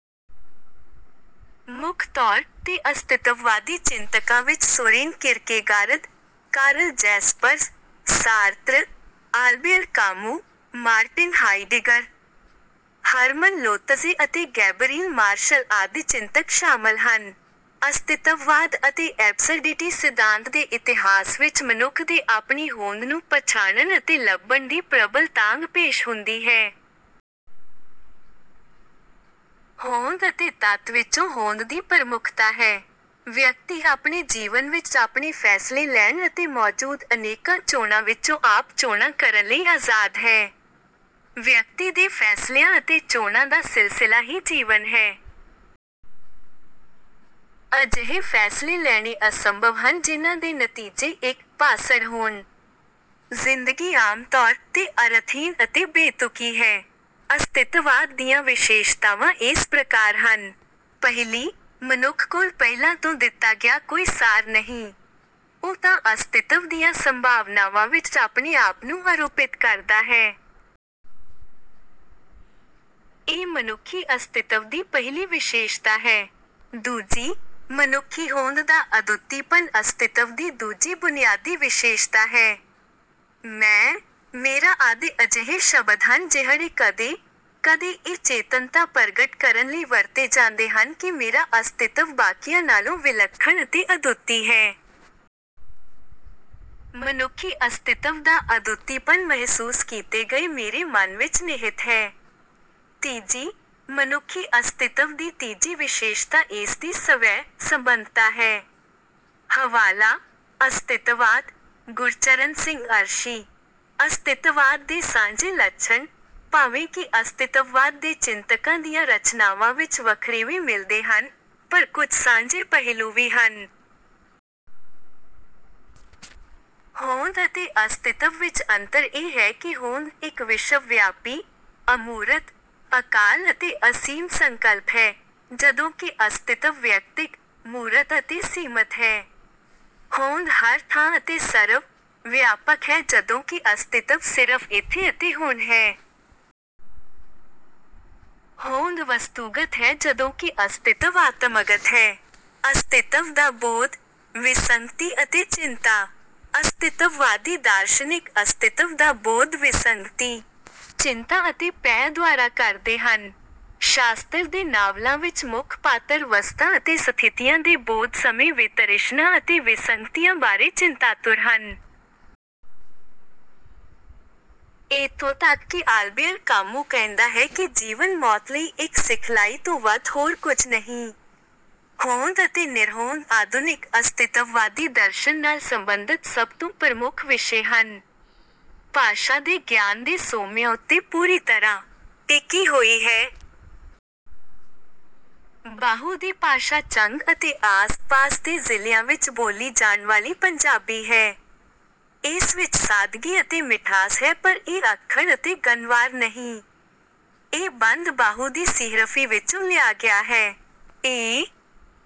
ਮੁੱਖ ਤੌਰ 'ਤੇ ਅਸਤਿਤਵਵਾਦੀ ਚਿੰਤਕਾਂ ਵਿੱਚ Soren Kierkegaard, Karl Jaspers, Sartre, Albert Camus, Martin Heidegger, Hermann Lotze ਅਤੇ ਗੈਬਰੀਲ ਮਾਰਸ਼ਲ ਆਦਿ ਚਿੰਤਕ ਸ਼ਾਮਲ ਹਨ। ਅਸਤਿਤਵਵਾਦ ਅਤੇ ਐਬਸਰਡਿਟੀ ਸਿਧਾਂਤ ਦੇ ਇਤਿਹਾਸ ਵਿੱਚ ਮਨੁੱਖ ਦੇ ਆਪਣੀ ਹੋਂਦ ਨੂੰ ਪਛਾਣਨ ਅਤੇ ਲੱਭਣ ਦੀ ਪ੍ਰਬਲ ਤਾਂਘ ਪੇਸ਼ ਹੁੰਦੀ ਹੈ। ਹੋਂਦ ਅਤੇ ਤੱਤ ਵਿੱਚੋਂ ਹੋਂਦ ਦੀ ਪ੍ਰਮੁੱਖਤਾ ਹੈ। ਵਿਅਕਤੀ ਆਪਣੇ ਜੀਵਨ ਵਿੱਚ ਆਪਣੇ ਫ਼ੈਸਲੇ ਲੈਣ ਅਤੇ ਮੌਜੂਦ ਅਨੇਕਾਂ ਚੋਣਾਂ ਵਿੱਚੋਂ ਆਪ ਚੋਣਾਂ ਕਰਨ ਲਈ ਆਜ਼ਾਦ ਹੈ। ਵਿਅਕਤੀ ਦੇ ਫ਼ੈਸਲਿਆਂ ਅਤੇ ਚੋਣਾਂ ਦਾ ਸਿਲਸਿਲਾ ਹੀ ਜੀਵਨ ਹੈ। ਅਜਿਹੇ ਫ਼ੈਸਲੇ ਲੈਣੇ ਅਸੰਭਵ ਹਨ ਜਿਨ੍ਹਾਂ ਦੇ ਨਤੀਜੇ ਇੱਕ-ਪਾਸੜ ਹੋਣ। ਜ਼ਿੰਦਗੀ ਆਮ ਤੌਰ 'ਤੇ ਅਰਥਹੀਣ ਅਤੇ ਬੇਤੁਕੀ ਹੈ। ਅਸਤਿਤਵਾਦ ਦੀਆਂ ਵਿਸ਼ੇਸ਼ਤਾਵਾਂ ਇਸ ਪ੍ਰਕਾਰ ਹਨ। ਪਹਿਲੀ, ਮਨੁੱਖ ਕੋਲ ਪਹਿਲਾਂ ਤੋਂ ਦਿੱਤਾ ਗਿਆ ਕੋਈ ਸਾਰ ਨਹੀਂ, ਉਹ ਤਾਂ ਅਸਤਿਤਵ ਦੀਆਂ ਸੰਭਾਵਨਾਵਾਂ ਵਿੱਚ ਆਪਣੇ ਆਪ ਨੂੰ ਆਰੋਪਿਤ ਕਰਦਾ ਹੈ। ਇਹ ਮਨੁੱਖੀ ਅਸਤਿਤਵ ਦੀ ਪਹਿਲੀ ਵਿਸ਼ੇਸ਼ਤਾ ਹੈ। ਦੂਜੀ, ਮਨੁੱਖੀ ਹੋਂਦ ਦਾ ਅਦੁੱਤੀਪਨ ਅਸਤਿਤਵ ਦੀ ਦੂਜੀ ਬੁਨਿਆਦੀ ਵਿਸ਼ੇਸ਼ਤਾ ਹੈ। ਮੈਂ, ਮੇਰਾ ਆਦਿ ਅਜਿਹੇ ਸ਼ਬਦ ਹਨ ਜਿਹੜੇ ਕਦੇ-ਕਦੇ ਇਹ ਚੇਤਨਤਾ ਪ੍ਰਗਟ ਕਰਨ ਲਈ ਵਰਤੇ ਜਾਂਦੇ ਹਨ ਕਿ ਮੇਰਾ ਅਸਤਿਤਵ ਬਾਕੀਆਂ ਨਾਲੋਂ ਵਿਲੱਖਣ ਅਤੇ ਅਦੁੱਤੀ ਹੈ। ਮਨੁੱਖੀ ਅਸਤਿਤਵ ਦਾ ਅਦੁੱਤੀਪਨ ਮਹਿਸੂਸ ਕੀਤੇ ਗਏ ਮੇਰੇ ਮਨ ਵਿੱਚ ਨਿਹਿਤ ਹੈ। ਤੀਜੀ, ਮਨੁੱਖੀ ਅਸਤਿਤਵ ਦੀ ਤੀਜੀ ਵਿਸ਼ੇਸ਼ਤਾ ਇਸ ਦੀ ਸਵੈ-ਸਬੰਧਤਾ ਹੈ। ਹਵਾਲਾ: ਅਸਤਿਤਵਾਦ, ਗੁਰਚਰਨ ਸਿੰਘ ਅਰਸ਼ੀ, ਅਸਤਿਤਵਾਦ ਦੇ ਸਾਂਝੇ ਲੱਛਣ। ਭਾਵੇਂ ਕਿ ਅਸਤਿਤਵਵਾਦ ਦੇ ਚਿੰਤਕਾਂ ਦੀਆਂ ਰਚਨਾਵਾਂ ਵਿੱਚ ਵੱਖਰੇਵੇਂ ਮਿਲਦੇ ਹਨ, ਪਰ ਕੁਝ ਸਾਂਝੇ ਪਹਿਲੂ ਵੀ ਹਨ। ਹੋਂਦ ਅਤੇ ਅਸਤਿਤਵ ਵਿੱਚ ਅੰਤਰ ਇਹ ਹੈ ਕਿ ਹੋਂਦ ਇੱਕ ਵਿਸ਼ਵ ਵਿਆਪੀ, ਅਮੂਰਤ, ਅਕਾਲ ਅਤੇ ਅਸੀਮ ਸੰਕਲਪ ਹੈ, ਜਦੋਂਕਿ ਅਸਤਿਤਵ ਵਿਅਕਤਿਕ, ਮੂਰਤ ਅਤੇ ਸੀਮਤ ਹੈ। ਹੋਂਦ ਹਰ ਥਾਂ ਅਤੇ ਸਰਵ-ਵਿਆਪਕ ਹੈ ਜਦੋਂ ਕਿ ਅਸਤਿਤਵ ਸਿਰਫ਼ ਇੱਥੇ ਅਤੇ ਹੁਣ ਹੈ। ਹੋਂਦ ਵਸਤੂਗਤ ਹੈ ਜਦੋਂਕਿ ਅਸਤਿਤਵ ਆਤਮਗਤ ਹੈ। ਅਸਤਿਤਵ ਦਾ ਬੋਧ: ਵਿਸੰਗਤੀ ਅਤੇ ਚਿੰਤਾ। ਅਸਤਿਤਵਵਾਦੀ ਦਾਰਸ਼ਨਿਕ ਅਸਤਿਤਵ ਦਾ ਬੋਧ ਵਿਸੰਗਤੀ, ਚਿੰਤਾ ਅਤੇ ਭੈਅ ਦੁਆਰਾ ਕਰਦੇ ਹਨ। ਸ਼ਾਸਤਰ ਦੇ ਨਾਵਲਾਂ ਵਿੱਚ ਮੁੱਖ ਪਾਤਰ ਵਸਤਾਂ ਅਤੇ ਸਥਿਤੀਆਂ ਦੇ ਬੋਧ ਸਮੇਂ ਵਿਤ੍ਰਿਸ਼ਣਾ ਅਤੇ ਵਿਸੰਗਤੀਆਂ ਬਾਰੇ ਚਿੰਤਾਤੁਰ ਹਨ। ਇੱਥੋਂ ਤੱਕ ਕਿ ਆਲਬੇਅਰ ਕਾਮੂ ਕਹਿੰਦਾ ਹੈ ਕਿ ਜੀਵਨ ਮੌਤ ਲਈ ਇੱਕ ਸਿਖਲਾਈ ਤੋਂ ਵੱਧ ਹੋਰ ਕੁਝ ਨਹੀਂ। ਹੋਂਦ ਅਤੇ ਨਿਰਹੋਂਦ ਆਧੁਨਿਕ ਅਸਤਿਤਵਵਾਦੀ ਦਰਸ਼ਨ ਨਾਲ ਸਬੰਧਤ ਸਭ ਤੋਂ ਪ੍ਰਮੁੱਖ ਵਿਸ਼ੇ ਹਨ। ਭਾਸ਼ਾ ਦੇ ਗਿਆਨ ਦੇ ਸੋਮਿਆਂ ਉੱਤੇ ਪੂਰੀ ਤਰ੍ਹਾਂ ਟਿਕੀ ਹੋਈ ਹੈ। ਬਾਹੂ ਦੀ ਭਾਸ਼ਾ ਝੰਗ ਅਤੇ ਆਸ-ਪਾਸ ਦੇ ਜ਼ਿਲ੍ਹਿਆਂ ਵਿੱਚ ਬੋਲੀ ਜਾਣ ਵਾਲੀ ਪੰਜਾਬੀ ਹੈ। ਇਸ ਵਿੱਚ ਸਾਦਗੀ ਅਤੇ ਮਿਠਾਸ ਹੈ ਪਰ ਇਹ ਅੱਖੜ ਅਤੇ ਗੰਵਾਰ ਨਹੀਂ। ਇਹ ਬੰਦ ਬਾਹੂ ਦੀ ਸੀਹਰਫ਼ੀ ਵਿੱਚੋਂ ਲਿਆ ਗਿਆ ਹੈ। ਇਹ